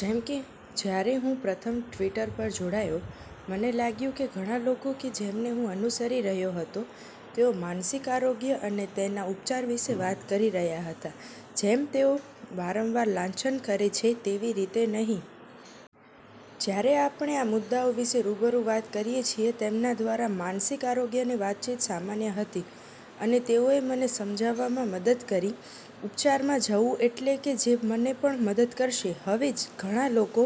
જેમ કે જ્યારે હું પ્રથમ ટિ્વટર પર જોડાયો, મને લાગ્યું કે ઘણા લોકો કે જેમને હું અનુસરી રહ્યો હતો, તેઓ માનસિક આરોગ્ય અને તેના ઉપચાર વિશે વાત કરી રહ્યા હતા જેમ તેઓ વારંવાર લાંછન કરે છે તેવી રીતે નહીં. જ્યારે આપણે આ મુદ્દાઓ વિશે રૂબરૂ વાત કરીએ છીએ તેમના દ્વારા, માનસિક આરોગ્યની વાતચીત સામાન્ય હતી અને તેઓએ મને સમજવામાં મદદ કરી ઉપચારમાં જવું એટલે કે જે મને પણ મદદ કરશે. હવે, ઘણા લોકો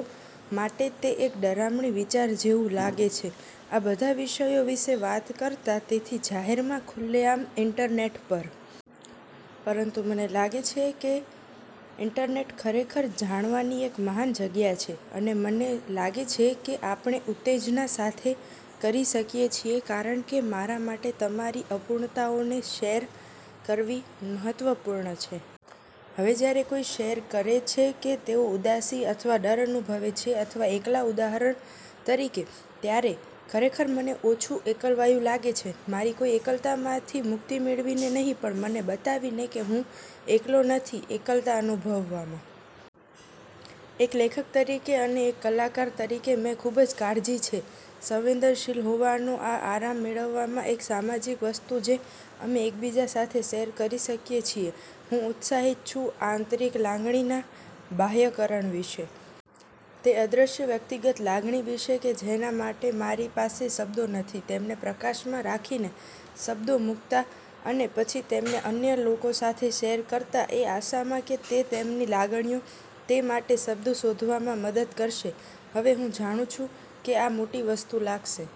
માટે તે એક ડરામણી વિચાર જેવું લાગે છે આ બધા વિષયો વિશે વાત કરતાં તેથી જાહેરમાં ખુલ્લેઆમ ઇન્ટરનેટ પર. પરંતુ મને લાગે છે કે ઇન્ટરનેટ ખરેખર જાણવાની એક મહાન જગ્યા છે અને મને લાગે છે કે આપણે ઉત્તેજના સાથે કરી શકીએ છીએ કારણ કે મારા માટે તમારી અપૂર્ણતાઓને શેર કરવી મહત્વપૂર્ણ છે. હવે જ્યારે કોઈ શેર કરે છે કે તેઓ ઉદાસી અથવા ડર અનુભવે છે અથવા એકલા ઉદાહરણ તરીકે, ત્યારે ખરેખર મને ઓછું એકલવાયું લાગે છે. મારી કોઈ એકલતામાંથી મુક્તિ મેળવીને નહીં, પણ મને બતાવીને કે હું એકલો નથી એકલતા અનુભવવામાં. એક લેખક તરીકે અને એક કલાકાર તરીકે મેં ખૂબ જ કાળજી છે સંવેદનશીલ હોવાનો. આ આરામ મેળવવામાં એક સામાજિક વસ્તુ જે અમે એકબીજા સાથે શેર કરી શકીએ છીએ. હું ઉત્સાહિત છું આંતરિક લાગણીનાં બાહ્યકરણ વિશે. તે અદૃશ્ય વ્યક્તિગત લાગણી વિશે કે જેના માટે મારી પાસે શબ્દો નથી તેમને પ્રકાશમાં રાખીને, શબ્દો મૂકતાં, અને પછી તેમને અન્ય લોકો સાથે શેર કરતાં એ આશામાં કે તે તેમની લાગણીઓ, તે। માટે શબ્દો શોધવામાં મદદ કરશે હવે, હું જાણું છું કે આ મોટી વસ્તુ લાગશે.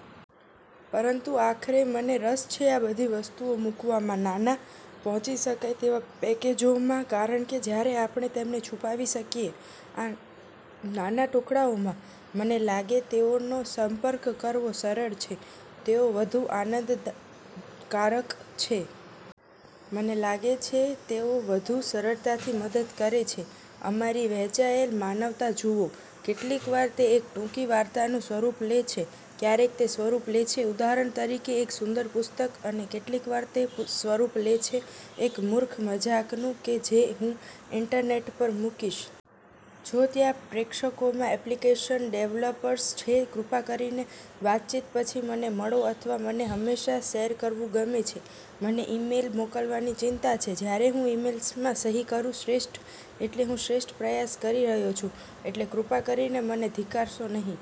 પરંતુ આખરે મને રસ છે આ બધી વસ્તુઓ મૂકવામાં નાના, પહોંચી શકાય તેવા પેકેજોમાં, કારણ કે જ્યારે આપણે તેમને છુપાવી શકીએ આ નાના ટુકડાઓમાં, મને લાગે તેઓનો સંપર્ક કરવો સરળ છે. તેઓ વધુ આનંદકારક છે. મને લાગે છે તેઓ વધુ સરળતાથી મદદ કરે છે. અમારી વહેંચાયેલ માનવતા જુઓ. કેટલીકવાર તે એક ટૂંકી વાર્તાનું સ્વરૂપ લે છે. ક્યારેક તે સ્વરૂપ લે છે ઉદાહરણ તરીકે એક સુંદર પુસ્તક. અને કેટલીકવાર તે સ્વરૂપ લે છે એક મૂર્ખ મજાકનું કે જે હું ઇન્ટરનેટ પર મૂકીશ. જો ત્યાં પ્રેક્ષકોમાં એપ્લિકેશન ડેવલપર્સ છે, કૃપા કરીને વાતચીત પછી મને મળો અથવા મને હંમેશા શેર કરવું ગમે છે. મને ઇમેઇલ મોકલવાની ચિંતા છે. જ્યારે હું ઇમેઇલ્સમાં સહી કરું, "શ્રેષ્ઠ" એટલે હું શ્રેષ્ઠ પ્રયાસ કરી રહ્યો છું. એટલે કૃપા કરીને મને ધિક્કારશો નહિ.